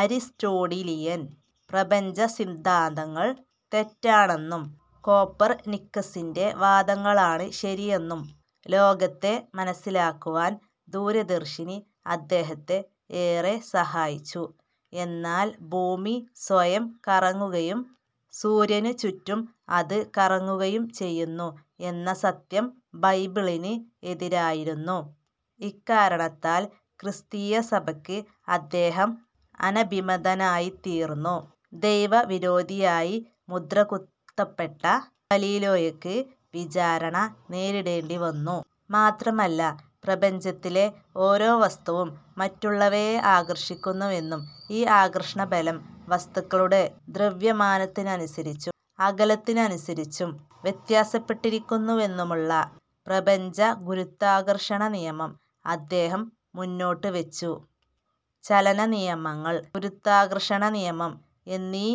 Aristotelian പ്രപഞ്ചസിദ്ധാന്തങ്ങൾ തെറ്റാണെന്നും കോപ്പർനിക്കസിന്റെ വാദങ്ങളാണ് ശരിയെന്നും ലോകത്തെ മനസ്സിലാക്കുവാൻ ദൂരദർശിനി അദ്ദേഹത്തെ ഏറെ സഹായിച്ചു. എന്നാൽ ഭൂമി സ്വയം കറങ്ങുകയും സൂര്യനുചുറ്റും അത് കറങ്ങുകയും ചെയ്യുന്നു എന്ന സത്യം ബൈബിളിന് എതിരായിരുന്നു. ഇക്കാരണത്താൽ ക്രിസ്തീയസഭയ്ക്ക് അദ്ദേഹം അനഭിമതനായിത്തീർന്നു. ദൈവവിരോധിയായി മുദ്രകുത്തപ്പെട്ട ഗലീലിയോയ്ക്ക് വിചാരണ നേരിടേണ്ടിവന്നു. മാത്രമല്ല, പ്രപഞ്ചത്തിലെ ഓരോവസ്തുവും മറ്റുള്ളവയെ ആകർഷിക്കുന്നുവെന്നും ഈ ആകർഷണബലം വസ്തുക്കളുടെ ദ്രവ്യമാനത്തിനനുസരിച്ചും അകലത്തിനനുസരിച്ചും വ്യത്യാസപ്പെട്ടിരിക്കുന്നുവെന്നുമുള്ള പ്രപഞ്ചഗുരുത്വാകർഷണനിയമം അദ്ദേഹം മുന്നോട്ടുവച്ചു. ചലനനിയമങ്ങൾ, ഗുരുത്വാകർഷണനിയമം എന്നീ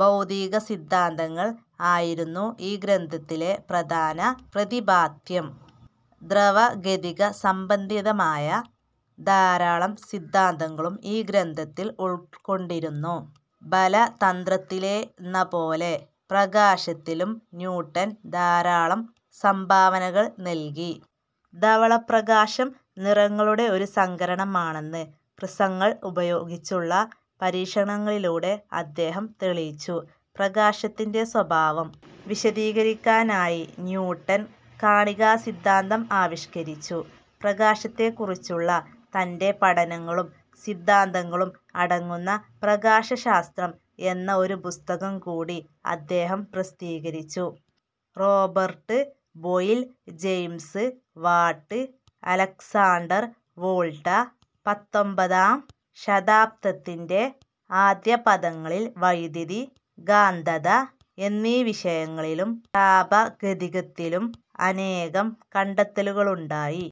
ഭൗതികസിദ്ധാന്തങ്ങൾ ആയിരുന്നു ഈ ഗ്രന്ഥത്തിലെ പ്രധാന പ്രതിപാദ്യം. ദ്രവഗതികസംബന്ധിയായ ധാരാളം സിദ്ധാന്തങ്ങളും ഈ ഗ്രന്ഥത്തിൽ ഉൾക്കൊണ്ടിരുന്നു. ബലതന്ത്രത്തിലെന്നപോലെ പ്രകാശികത്തിലും ന്യൂട്ടൻ ധാരാളം സംഭാവനകൾ നൽകി. ധവളപ്രകാശം നിറങ്ങളുടെ ഒരു സങ്കരമാണെന്ന് പ്രിസങ്ങൾ ഉപയോഗിച്ചുള്ള പരീക്ഷണങ്ങളിലൂടെ അദ്ദേഹം തെളിയിച്ചു. പ്രകാശത്തിന്റെ സ്വഭാവം വിശദീകരിക്കാനായി ന്യൂട്ടൻ കണികാസിദ്ധാന്തം ആവിഷ്കരിച്ചു. പ്രകാശത്തെക്കുറിച്ചുള്ള തന്റെ പഠനങ്ങളും സിദ്ധാന്തങ്ങളും അടങ്ങുന്ന പ്രകാശശാസ്ത്രം എന്ന ഒരു പുസ്തകം കൂടി അദ്ദേഹം പ്രസിദ്ധീകരിച്ചു. Robert Boyle James Watt Alexander Volta പത്തൊൻപതാം ശതാബ്ദത്തിന്റെ ആദ്യപാദങ്ങളിൽ വൈദ്യുതി-കാന്തത എന്നീവിഷയങ്ങളിലും താപഗതികത്തിലും അനേകം കണ്ടെത്തലുകളുണ്ടായി.